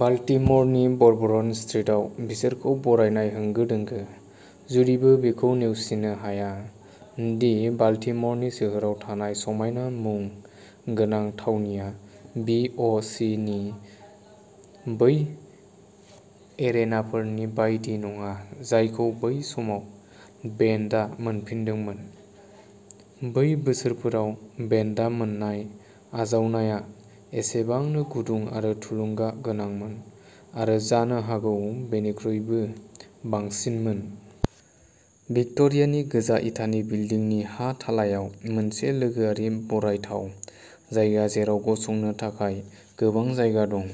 बाल्टिम'रनि Bourbon स्ट्रिटआव बिसोरखौ बरायनाय होंगो-दोंगो। जुदिबो बेखौ नेवसिनो हाया दि बाल्टिम'रनि सोहोराव थानाय समायना मुं गोनां थावनिया बि. अ. सि. नि बै एरेनाफोरनि बायदि नङा जायखौ बै समाव बेन्डआ मोनफिनदोंमोन। बै बोसोरफोराव बेन्डआ मोननाय आजावनाया एसेबांनो गुदुं आरो थुलुंगागोनांमोन आरो जानो हागौ बेनिख्रुइबो बांसिनमोन। भिक्ट'रियानि गोजा इटानि बिल्डिंनि हा थालायाव मोनसे लोगोआरि बरायथाव जायगा जेराव गसंनो थाखाय गोबां जायगा दं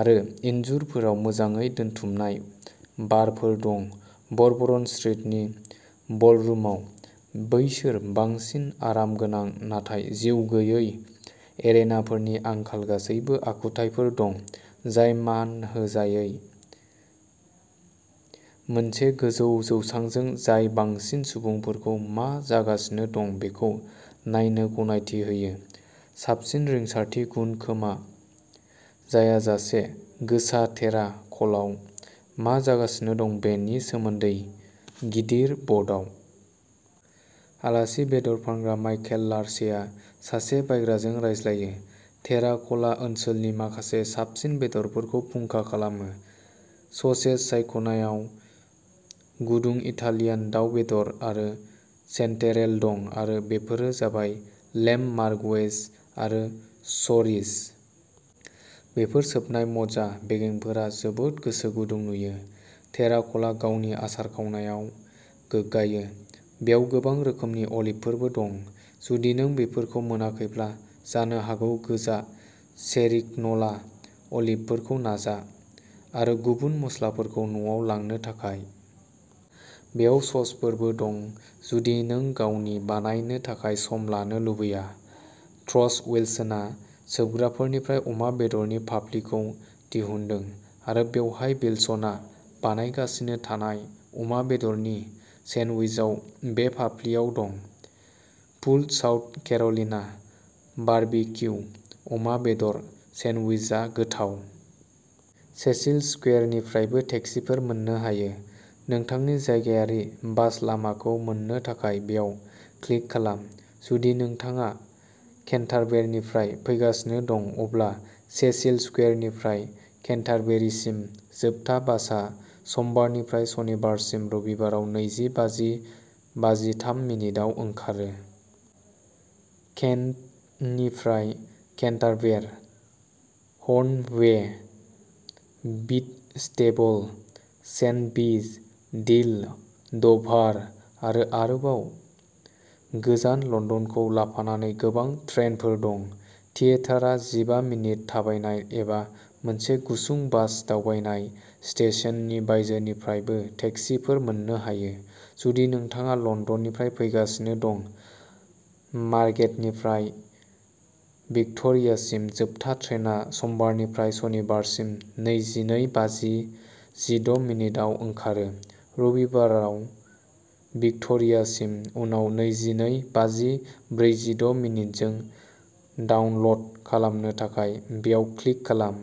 आरो इनजुरफोराव मोजाङै दोनथुमनाय बारफोर दं ब'रबन स्ट्रिटनि बलरुमाव बैसोर बांसिन आरामगोनां नाथाय जिउ गैयै एरेनाफोरनि आंखाल गासैबो आखुथायफोर दं जाय मानहोजायै मोनसे गोजौ जौसांजों जाय बांसिन सुबुंफोरखौ मा जागासिनो दं बेखौ नायनो गनायथि होयो साबसिन रिंसारथि गुन खोमा जायाजासे गोसा टेरा क'लआव मा जागासिनो दं बेनि सोमोन्दै गिदिर बर्डआव। आलासि बेदर फानग्रा माइकेल लार'चे आ सासे बायग्राजों रायज्लायो। टेरा क'लआ ओनसोलनि माखासे साबसिन बेदरफोरखौ फुंखा खालामो। ससेज सायख'नायाव गुदुं इटालियान दाव बेदर आरो चेन्टेरेल दं आरो बेफोरो जाबाय लेम्ब मार्गुएज आरो च'रिज'। बेफोर सोबनाय मज्जा बेगेंफोरा जोबोद गोसो गुदुं नुयो। टेरा क'लआ गावनि आसार-खावनायाव गोग्गायो। बेयाव गोबां रोखोमनि अलिभफोरबो दं। जुदि नों बेफोरखौ मोनाखैब्ला जानो हागौ गोजा सेरिग्न'ला अलिभफोरखौ नाजा। आरो गुबुन मस्लाफोरखौ न'आव लांनो थाखाय। बेयाव ससफोरबो दं जुदि नों गावनि बानायनो थाखाय सम लानो लुबैया। ट्रेस उइलसनआ सोबग्राफोरनिफ्राय अमा बेदरनि फाफ्लिखौ दिहुनदों। आरो बेवहाय विल्सनआ बानायगासिनो थानाय अमा बेदरनि सेन्डविचआव बे फाफ्लिआव दं। "पुल्ड साउथ केर'लिना बारबिक्यु अमा बेदर" सेन्डविचआ गोथाव। सेसिल स्कुवेरनिफ्रायबो टेक्सिफोर मोननो हायो। नोंथांनि जायगायारि बास लामाखौ मोननो थाखाय बेयाव क्लिक खालाम। जुदि नोंथाङा केन्टारबेरनिफ्राय फैगासिनो दं अब्ला सेसिल स्कुवेरनिफ्राय केन्टारबेरिसिम जोबथा बासआ समबारनिफ्राय सनिबारसिम रबिबाराव नैजि बाजि बाजिथाम मिनिटआव ओंखारो। केन्टनिफ्राय केन्टारबेर, हर्न बे, व्हिटस्टेबल, सेन्डविच, डील, डभार आरो आरोबाव गोजान लन्दनखौ लाफानानै गोबां ट्रेनफोर दं। थियेटारा जिबा मिनिट थाबायनाय एबा मोनसे गुसुं बास दावबायनाय, स्टेशननि बायजोनिफ्रायबो टेक्सिफोर मोननो हायो। जुदि नोंथाङा लन्दननिफ्राय फैगासिनो दं मार्गेटनिफ्राय भिक्ट'रियासिम जोबथा ट्रेनआ समबारनिफ्राय सनिबारसिम नैजिनै बाजि जिद' मिनिट आव ओंखारो, रबिबाराव भिक्ट'रियासिम उनाव नैजिनै बाजि ब्रैजिद' मिनिट जों डाउनल'ड खालामनो थाखाय बेयाव क्लिक खालाम।